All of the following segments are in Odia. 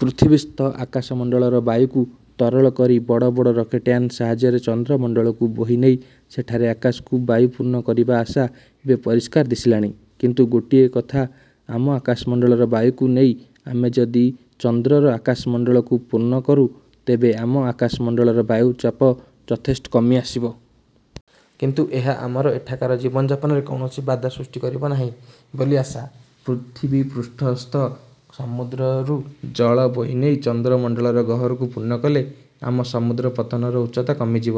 ପୃଥିବୀସ୍ଥ ଆକାଶମଣ୍ଡଳର ବାୟୁକୁ ତରଳ କରି ବଡ଼ ବଡ଼ ରକେଟ୍ଯାନ ସାହାଯ୍ୟରେ ଚନ୍ଦ୍ରମଣ୍ଡଳକୁ ବୋହିନେଇ ସେଠାରେ ଆକାଶକୁ ବାୟୁପୂର୍ଣ୍ଣ କରିବା ଆଶା ଏବେ ପରିଷ୍କାର ଦିଶିଲାଣି। କିନ୍ତୁ ଗୋଟିଏ କଥା, ଆମ ଆକାଶମଣ୍ଡଳର ବାୟୁକୁ ନେଇ ଆମେ ଯଦି ଚନ୍ଦ୍ରର ଆକାଶମଣ୍ଡଳକୁ ପୂର୍ଣ୍ଣ କରୁଁ, ତେବେ ଆମ ଆକାଶମଣ୍ଡଳର ବାୟୁଚାପ ଯଥେଷ୍ଟ କମି ଆସିବ। କିନ୍ତୁ ଏହା ଆମର ଏଠାକାର ଜୀବନ ଯାପନରେ କୌଣସି ବାଧା ସୃଷ୍ଟି କରିବ ନାହିଁ ବୋଲି ଆଶା। ପୃଥିବୀପୃଷ୍ଠସ୍ଥ ସମୁଦ୍ରରୁ ଜଳ ବୋହିନେଇ ଚନ୍ଦ୍ରମଣ୍ଡଳର ଗହ୍ୱରକୁ ପୂର୍ଣ୍ଣ କଲେ ଆମ ସମୁଦ୍ରପତ୍ତନର ଉଚ୍ଚତା କମିଯିବ;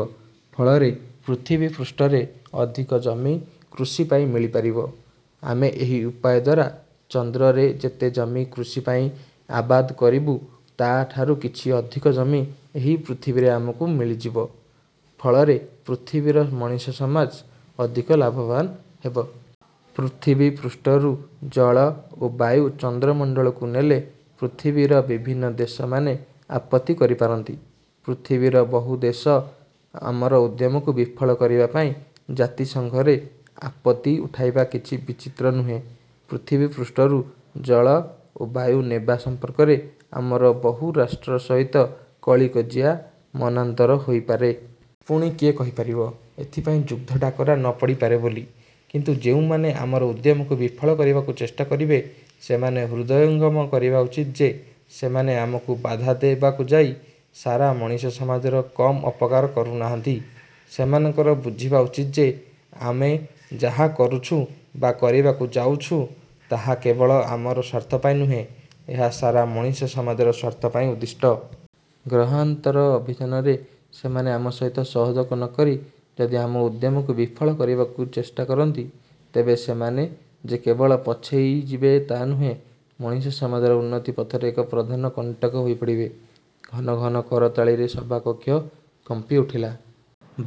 ଫଳରେ ପୃଥିବୀପୃଷ୍ଠରେ ଅଧିକ ଜମି କୃଷିପାଇଁ ମିଳିପାରିବ। ଆମେ ଏହି ଉପାୟ ଦ୍ୱାରା ଚନ୍ଦ୍ରରେ ଯେତେ ଜମି କୃଷି ପାଇଁ ଆବାଦ କରିବୁଁ, ତା'ଠାରୁ କିଛି ଅଧିକ ଜମି ଏହି ପୃଥିବୀରେ ଆମକୁ ମିଳିଯିବ; ଫଳରେ ପୃଥିବୀର ମଣିଷସମାଜ ଅଧିକ ଲାଭବାନ୍ ହେବ-। ''ପୃଥିବୀପୃଷ୍ଠରୁ ଜଳ ଓ ବାୟୁ ଚନ୍ଦ୍ରମଣ୍ଡଳକୁ ନେଲେ, ପୃଥିବୀର ବିଭିନ୍ନ ଦେଶମାନେ ଆପତ୍ତି କରି ପାରନ୍ତି। ପୃଥିବୀର ବହୁ ଦେଶ ଆମର ଉଦ୍ୟମକୁ ବିଫଳ କରିବା ପାଇଁ ଜାତିସଂଘରେ ଆପତ୍ତି ଉଠାଇବା କିଛି ବିଚିତ୍ର ନୁହେଁ। ପୃଥିବୀପୃଷ୍ଠରୁ ଜଳ ଓ ବାୟୁ ନେବା ସମ୍ପର୍କରେ ଆମର ବହୁ ରାଷ୍ଟ୍ର ସହିତ କଳିକଜିଆ, ମନାନ୍ତର ହୋଇପାରେ। ପୁଣି କିଏ କହିପାରିବ, ଏଥିପାଇଁ ଯୁଦ୍ଧ ଡାକରା ନ ପଡ଼ିପାରେ ବୋଲି। କିନ୍ତୁ ଯେଉଁମାନେ ଆମର ଉଦ୍ୟମକୁ ବିଫଳ କରିବାକୁ ଚେଷ୍ଟା କରିବେ,। ସେମାନେ ହୃଦୟଙ୍ଗମ କରିବା ଉଚିତ ଯେ, ସେମାନେ ଆମକୁ ବାଧା ଦେବାକୁ ଯାଇ ସାରା ମଣିଷସମାଜର କମ୍ ଅପକାର କରୁନାହାନ୍ତି। ସେମାନଙ୍କର ବୁଝିବା ଉଚିତ ଯେ ଆମେ ଯାହା କରୁଛୁଁ ବା କରିବାକୁ ଯାଉଛୁଁ ତାହା କେବଳ ଆମର ସ୍ୱାର୍ଥପାଇଁ ନୁହେଁ; ଏହା ସାରା ମଣିଷସମାଜର ସ୍ୱାର୍ଥପାଇଁ ଉଦ୍ଦିଷ୍ଟ। ଗ୍ରହାନ୍ତର ଅଭିଯାନରେ ସେମାନେ ଆମ ସହିତ ସହଯୋଗ ନ କରି ଯଦି ଆମ ଉଦ୍ୟମକୁ ବିଫଳ କରିବାକୁ ଚେଷ୍ଟା କରନ୍ତି, ତେବେ ସେମାନେ ଯେ କେବଳ ପଛେଇଯିବେ ତା ନୁହେଁ, ମଣିଷସମାଜର ଉନ୍ନତି ପଥରେ ଏକ ପ୍ରଧାନ କଣ୍ଟକ ହୋଇପଡ଼ିବେ। '' ଘନ ଘନ କରତାଳିରେ ସଭାକକ୍ଷ କମ୍ପି ଉଠିଲା।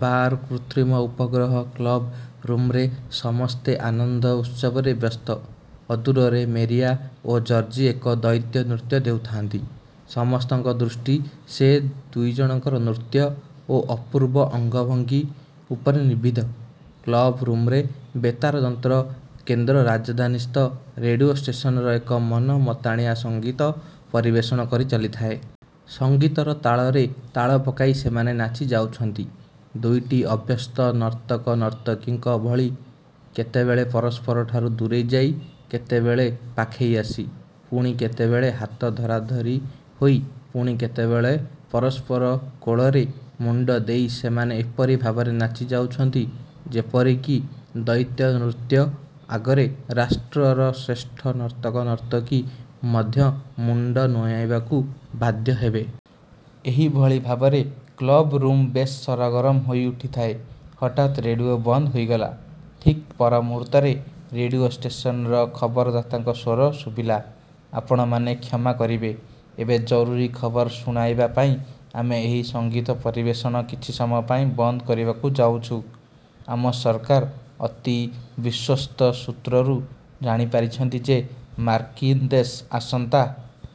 ବାର କୃତ୍ରିମ ଉପଗ୍ରହ କ୍ଳବ ରୁମ୍ରେ ସମସ୍ତେ ଆନନ୍ଦ ଉତ୍ସବରେ ବ୍ୟସ୍ତ। ଅଦୂରରେ ମେରିଆ ଓ ଜର୍ଜି ଏକ ଦ୍ୱୈତ ନୃତ୍ୟ ଦେଉଥାନ୍ତି। ସମସ୍ତଙ୍କ ଦୃଷ୍ଟି ସେଇ ଦୁଇଜଣଙ୍କର ନୃତ୍ୟ ଓ ଅପୂର୍ବ ଅଙ୍ଗଭଙ୍ଗୀ ଉପରେ ନିବଦ୍ଧ। କ୍ଳବ ରୁମ୍ରେ ବେତାରଯନ୍ତ୍ର କେନ୍ଦ୍ର ରାଜଧାନୀସ୍ଥ ରେଡ଼ିଓ ଷ୍ଟେସନର ଏକ ମନମତାଣିଆ ସଙ୍ଗୀତ ପରିବେଷଣ କରି ଚାଲିଥାଏ। ସଙ୍ଗୀତର ତାଳରେ ତାଳ ପକାଇ ସେମାନେ ନାଚିଯାଉଛନ୍ତି ଦୁଇଟି ଅଭ୍ୟସ୍ତ ନର୍ତ୍ତକନର୍ତ୍ତକୀଙ୍କ ଭଳି। କେତେବେଳେ ପରସ୍ପରଠାରୁ ଦୂରେଇ ଯାଇ, କେତେବେଳେ ପାଖେଇ ଆସି, ପୁଣି କେତେବେଳେ ହାତ ଧରାଧରି ହୋଇ, ପୁଣି କେତେବେଳେ ପରସ୍ପରର କୋଳରେ ମୁଣ୍ଡ ଦେଇ ସେମାନେ ଏପରି ଭାବରେ ନାଚିଯାଉଥାନ୍ତି, ଯେପରିକି ଦ୍ୱୈତ ନୃତ୍ୟ ଆଗରେ ରାଷ୍ଟ୍ରର ଶ୍ରେଷ୍ଠ ନର୍ତ୍ତକ-ନର୍ତ୍ତକୀ ମଧ୍ୟ ମୁଣ୍ଡ ନୁଆଇଁବାକୁ ବାଧ୍ୟହେବେ। ଏହିଭଳି ଭାବରେ କ୍ଳବ ରୁମ୍ ବେଶ୍ ସରଗରମ ହୋଇ ଉଠିଥାଏ। ହଠାତ୍ ରେଡ଼ିଓ ବନ୍ଦ ହୋଇଗଲା। ଠିକ୍ ପରମୁହୂର୍ତ୍ତରେ ରେଡ଼ିଓ ଷ୍ଟେସନର ଖବରଦାତାଙ୍କ ସ୍ୱର ଶୁଭିଲା- ''ଆପଣମାନେ କ୍ଷମା କରିବେ, ଏବେ ଜରୁରୀ ଖବର ଶୁଣାଇବା ପାଇଁ ଆମେ ଏହି ସଙ୍ଗୀତ ପରିବେଷଣ କିଛି ସମୟ ପାଇଁ ବନ୍ଦ କରିବାକୁ ଯାଉଛୁଁ। ଆମ ସରକାର ଅତି ବିଶ୍ୱସ୍ତସୂତ୍ରରୁ ଜାଣିପାରିଛନ୍ତି ଯେ ମାର୍କିନ୍ଦେଶ ଆସନ୍ତା